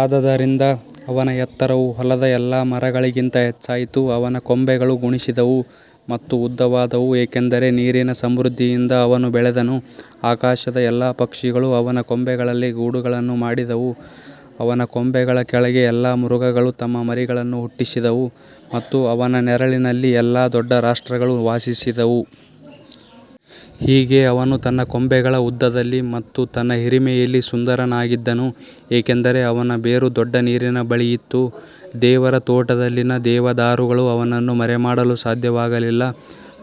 ಆದದರಿಂದ ಅವನ ಎತ್ತರವು ಹೊಲದ ಎಲ್ಲಾ ಮರಗಳಿಗಿಂತ ಹೆಚ್ಚಾಯಿತು, ಅವನ ಕೊಂಬೆಗಳು ಗುಣಿಸಿದವು ಮತ್ತು ಉದ್ದವಾದವು, ಏಕೆಂದರೆ ನೀರಿನ ಸಮೃದ್ಧಿಯಿಂದ ಅವನು ಬೆಳೆದನು. ಆಕಾಶದ ಎಲ್ಲಾ ಪಕ್ಷಿಗಳು ಅವನ ಕೊಂಬೆಗಳಲ್ಲಿ ಗೂಡುಗಳನ್ನು ಮಾಡಿದವು, ಅವನ ಕೊಂಬೆಗಳ ಕೆಳಗೆ ಎಲ್ಲಾ ಮೃಗಗಳು ತಮ್ಮ ಮರಿಗಳನ್ನು ಹುಟ್ಟಿಸಿದವು ಮತ್ತು ಅವನ ನೆರಳಿನಲ್ಲಿ ಎಲ್ಲಾ ದೊಡ್ಡ ರಾಷ್ಟ್ರಗಳು ವಾಸಿಸಿದವು. ಹೀಗೆ ಅವನು ತನ್ನ ಕೊಂಬೆಗಳ ಉದ್ದದಲ್ಲಿ ಮತ್ತು ತನ್ನ ಹಿರಿಮೆಯಲ್ಲಿ ಸುಂದರನಾಗಿದ್ದನು, ಏಕೆಂದರೆ ಅವನ ಬೇರು ದೊಡ್ಡ ನೀರಿನ ಬಳಿಯಿತ್ತು. ದೇವರ ತೋಟದಲ್ಲಿನ ದೇವದಾರುಗಳು ಅವನನ್ನು ಮರೆಮಾಡಲು ಸಾಧ್ಯವಾಗಲಿಲ್ಲ,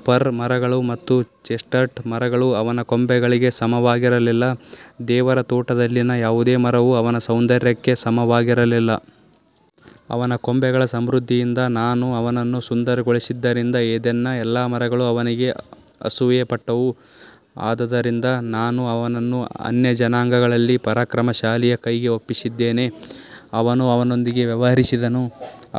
ಫರ್ ಮರಗಳು ಮತ್ತು ಚೆಸ್ಟ್ನಟ್ ಮರಗಳು ಅವನ ಕೊಂಬೆಗಳಿಗೆ ಸಮವಾಗಿರಲಿಲ್ಲ, ದೇವರ ತೋಟದಲ್ಲಿನ ಯಾವುದೇ ಮರವೂ ಅವನ ಸೌಂದರ್ಯಕ್ಕೆ ಸಮವಾಗಿರಲಿಲ್ಲ. ಅವನ ಕೊಂಬೆಗಳ ಸಮೃದ್ಧಿಯಿಂದ ನಾನು ಅವನನ್ನು ಸುಂದರಗೊಳಿಸಿದ್ದರಿಂದ ಏದೆನ್ನ ಎಲ್ಲಾ ಮರಗಳು ಅವನಿಗೆ ಅಸೂಯೆಪಟ್ಟವು. ಆದದರಿಂದ ನಾನು ಅವನನ್ನು ಅನ್ಯಜನಾಂಗಗಳಲ್ಲಿ ಪರಾಕ್ರಮಶಾಲಿಯ ಕೈಗೆ ಒಪ್ಪಿಸಿದ್ದೇನೆ. ಅವನು ಅವನೊಂದಿಗೆ ವ್ಯವಹರಿಸಿದನು.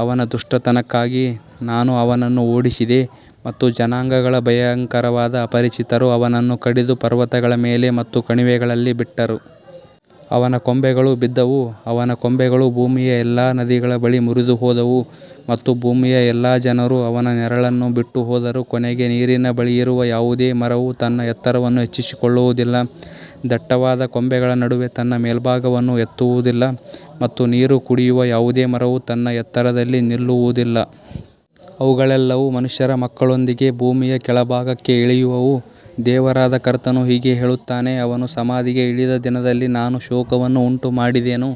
ಅವನ ದುಷ್ಟತನಕ್ಕಾಗಿ ನಾನು ಅವನನ್ನು ಓಡಿಸಿದೆ ಮತ್ತು ಜನಾಂಗಗಳ ಭಯಂಕರವಾದ ಅಪರಿಚಿತರು ಅವನನ್ನು ಕಡಿದು ಪರ್ವತಗಳ ಮೇಲೆ ಮತ್ತು ಕಣಿವೆಗಳಲ್ಲಿ ಬಿಟ್ಟರು. ಅವನ ಕೊಂಬೆಗಳು ಬಿದ್ದವು, ಅವನ ಕೊಂಬೆಗಳು ಭೂಮಿಯ ಎಲ್ಲಾ ನದಿಗಳ ಬಳಿ ಮುರಿದುಹೋದವು ಮತ್ತು ಭೂಮಿಯ ಎಲ್ಲಾ ಜನರು ಅವನ ನೆರಳನ್ನು ಬಿಟ್ಟುಹೋದರು. ಕೊನೆಗೆ, ನೀರಿನ ಬಳಿಯಿರುವ ಯಾವುದೇ ಮರವು ತನ್ನ ಎತ್ತರವನ್ನು ಹೆಚ್ಚಿಸಿಕೊಳ್ಳುವುದಿಲ್ಲ, ದಟ್ಟವಾದ ಕೊಂಬೆಗಳ ನಡುವೆ ತನ್ನ ಮೇಲ್ಭಾಗವನ್ನು ಎತ್ತುವುದಿಲ್ಲ ಮತ್ತು ನೀರು ಕುಡಿಯುವ ಯಾವುದೇ ಮರವು ತನ್ನ ಎತ್ತರದಲ್ಲಿ ನಿಲ್ಲುವುದಿಲ್ಲ. ಅವುಗಳೆಲ್ಲವೂ ಮನುಷ್ಯರ ಮಕ್ಕಳೊಂದಿಗೆ ಭೂಮಿಯ ಕೆಳಭಾಗಕ್ಕೆ ಇಳಿಯುವವು. ದೇವರಾದ ಕರ್ತನು ಹೀಗೆ ಹೇಳುತ್ತಾನೆ, ಅವನು ಸಮಾಧಿಗೆ ಇಳಿದ ದಿನದಲ್ಲಿ ನಾನು ಶೋಕವನ್ನು ಉಂಟುಮಾಡಿದೆನು,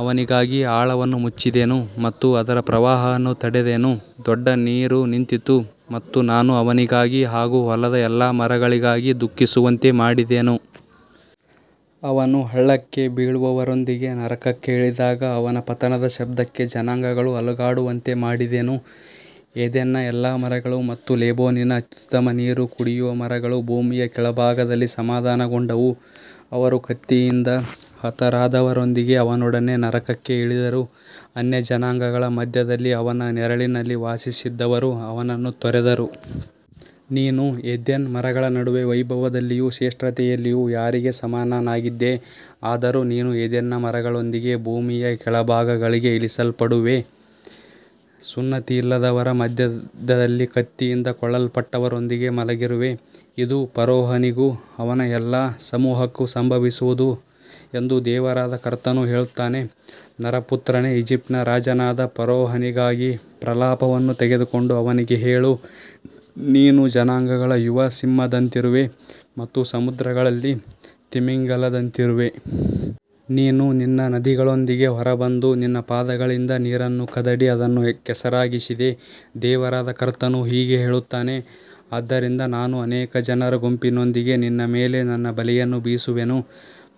ಅವನಿಗಾಗಿ ಆಳವನ್ನು ಮುಚ್ಚಿದೆನು ಮತ್ತು ಅದರ ಪ್ರವಾಹವನ್ನು ತಡೆದೆನು. ದೊಡ್ಡ ನೀರು ನಿಂತಿತು ಮತ್ತು ನಾನು ಅವನಿಗಾಗಿ ಹಾಗೂ ಹೊಲದ ಎಲ್ಲಾ ಮರಗಳಿಗಾಗಿ ದುಃಖಿಸುವಂತೆ ಮಾಡಿದೆನು. ಅವನು ಹಳ್ಳಕ್ಕೆ ಬೀಳುವವರೊಂದಿಗೆ ನರಕಕ್ಕೆ ಇಳಿದಾಗ ಅವನ ಪತನದ ಶಬ್ದಕ್ಕೆ ಜನಾಂಗಗಳು ಅಲುಗಾಡುವಂತೆ ಮಾಡಿದೆನು. ಏದೆನ್ನ ಎಲ್ಲಾ ಮರಗಳು ಮತ್ತು ಲೆಬನೋನಿನ ಅತ್ಯುತ್ತಮ ನೀರು ಕುಡಿಯುವ ಮರಗಳು ಭೂಮಿಯ ಕೆಳಭಾಗದಲ್ಲಿ ಸಮಾಧಾನಗೊಂಡವು. ಅವರು ಕತ್ತಿಯಿಂದ ಹತರಾದವರೊಂದಿಗೆ ಅವನೊಡನೆ ನರಕಕ್ಕೆ ಇಳಿದರು. ಅನ್ಯಜನಾಂಗಗಳ ಮಧ್ಯದಲ್ಲಿ ಅವನ ನೆರಳಿನಲ್ಲಿ ವಾಸಿಸಿದ್ದವರು ಅವನನ್ನು ತೊರೆದರು. ನೀನು ಏದೆನ್ನ ಮರಗಳ ನಡುವೆ ವೈಭವದಲ್ಲಿಯೂ ಶ್ರೇಷ್ಠತೆಯಲ್ಲಿಯೂ ಯಾರಿಗೆ ಸಮಾನನಾಗಿದ್ದೆ? ಆದರೂ ನೀನು ಏದೆನ್ನ ಮರಗಳೊಂದಿಗೆ ಭೂಮಿಯ ಕೆಳಭಾಗಗಳಿಗೆ ಇಳಿಸಲ್ಪಡುವೆ, ಸುನ್ನತಿಯಿಲ್ಲದವರ ಮಧ್ಯದಲ್ಲಿ ಕತ್ತಿಯಿಂದ ಕೊಲ್ಲಲ್ಪಟ್ಟವರೊಂದಿಗೆ ಮಲಗಿರುವೆ. ಇದು ಫರೋಹನಿಗೂ ಅವನ ಎಲ್ಲಾ ಸಮೂಹಕ್ಕೂ ಸಂಭವಿಸುವುದು ಎಂದು ದೇವರಾದ ಕರ್ತನು ಹೇಳುತ್ತಾನೆ. ನರಪುತ್ರನೇ, ಈಜಿಪ್ಟಿನ ರಾಜನಾದ ಫರೋಹನಿಗಾಗಿ ಪ್ರಲಾಪವನ್ನು ತೆಗೆದುಕೊಂಡು ಅವನಿಗೆ ಹೇಳು, ನೀನು ಜನಾಂಗಗಳ ಯುವ ಸಿಂಹದಂತಿರುವೆ ಮತ್ತು ಸಮುದ್ರಗಳಲ್ಲಿ ತಿಮಿಂಗಿಲದಂತಿರುವೆ. ನೀನು ನಿನ್ನ ನದಿಗಳೊಂದಿಗೆ ಹೊರಬಂದು ನಿನ್ನ ಪಾದಗಳಿಂದ ನೀರನ್ನು ಕದಡಿ ಅದನ್ನು ಕೆಸರಾಗಿಸಿದೆ. ದೇವರಾದ ಕರ್ತನು ಹೀಗೆ ಹೇಳುತ್ತಾನೆ, ಆದ್ದರಿಂದ ನಾನು ಅನೇಕ ಜನರ ಗುಂಪಿನೊಂದಿಗೆ ನಿನ್ನ ಮೇಲೆ ನನ್ನ ಬಲೆಯನ್ನು ಬೀಸುವೆನು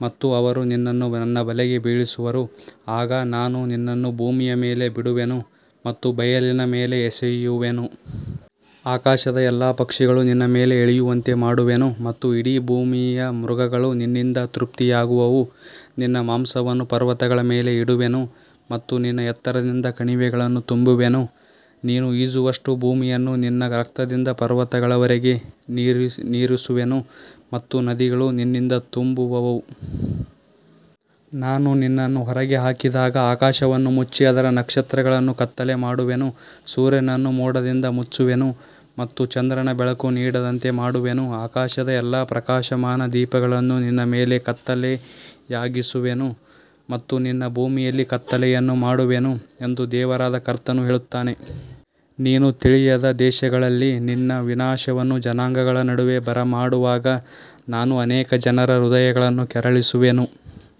ಮತ್ತು ಅವರು ನಿನ್ನನ್ನು ನನ್ನ ಬಲೆಗೆ ಬೀಳಿಸುವರು. ಆಗ ನಾನು ನಿನ್ನನ್ನು ಭೂಮಿಯ ಮೇಲೆ ಬಿಡುವೆನು ಮತ್ತು ಬಯಲಿನ ಮೇಲೆ ಎಸೆಯುವೆನು. ಆಕಾಶದ ಎಲ್ಲಾ ಪಕ್ಷಿಗಳು ನಿನ್ನ ಮೇಲೆ ಇಳಿಯುವಂತೆ ಮಾಡುವೆನು ಮತ್ತು ಇಡೀ ಭೂಮಿಯ ಮೃಗಗಳು ನಿನ್ನಿಂದ ತೃಪ್ತಿಯಾಗುವವು. ನಿನ್ನ ಮಾಂಸವನ್ನು ಪರ್ವತಗಳ ಮೇಲೆ ಇಡುವೆನು ಮತ್ತು ನಿನ್ನ ಎತ್ತರದಿಂದ ಕಣಿವೆಗಳನ್ನು ತುಂಬುವೆನು. ನೀನು ಈಜುವಷ್ಟು ಭೂಮಿಯನ್ನು ನಿನ್ನ ರಕ್ತದಿಂದ ಪರ್ವತಗಳವರೆಗೆ ನೀರಿಸುವೆನು ಮತ್ತು ನದಿಗಳು ನಿನ್ನಿಂದ ತುಂಬುವವು. ನಾನು ನಿನ್ನನ್ನು ಹೊರಗೆ ಹಾಕಿದಾಗ ಆಕಾಶವನ್ನು ಮುಚ್ಚಿ ಅದರ ನಕ್ಷತ್ರಗಳನ್ನು ಕತ್ತಲೆ ಮಾಡುವೆನು, ಸೂರ್ಯನನ್ನು ಮೋಡದಿಂದ ಮುಚ್ಚುವೆನು ಮತ್ತು ಚಂದ್ರನು ಬೆಳಕು ನೀಡದಂತೆ ಮಾಡುವೆನು. ಆಕಾಶದ ಎಲ್ಲಾ ಪ್ರಕಾಶಮಾನ ದೀಪಗಳನ್ನು ನಿನ್ನ ಮೇಲೆ ಕತ್ತಲೆಯಾಗಿಸುವೆನು ಮತ್ತು ನಿನ್ನ ಭೂಮಿಯಲ್ಲಿ ಕತ್ತಲೆಯನ್ನು ಮಾಡುವೆನು ಎಂದು ದೇವರಾದ ಕರ್ತನು ಹೇಳುತ್ತಾನೆ. ನೀನು ತಿಳಿಯದ ದೇಶಗಳಲ್ಲಿ ನಿನ್ನ ವಿನಾಶವನ್ನು ಜನಾಂಗಗಳ ನಡುವೆ ಬರಮಾಡುವಾಗ ನಾನು ಅನೇಕ ಜನರ ಹೃದಯಗಳನ್ನು ಕೆರಳಿಸುವೆನು.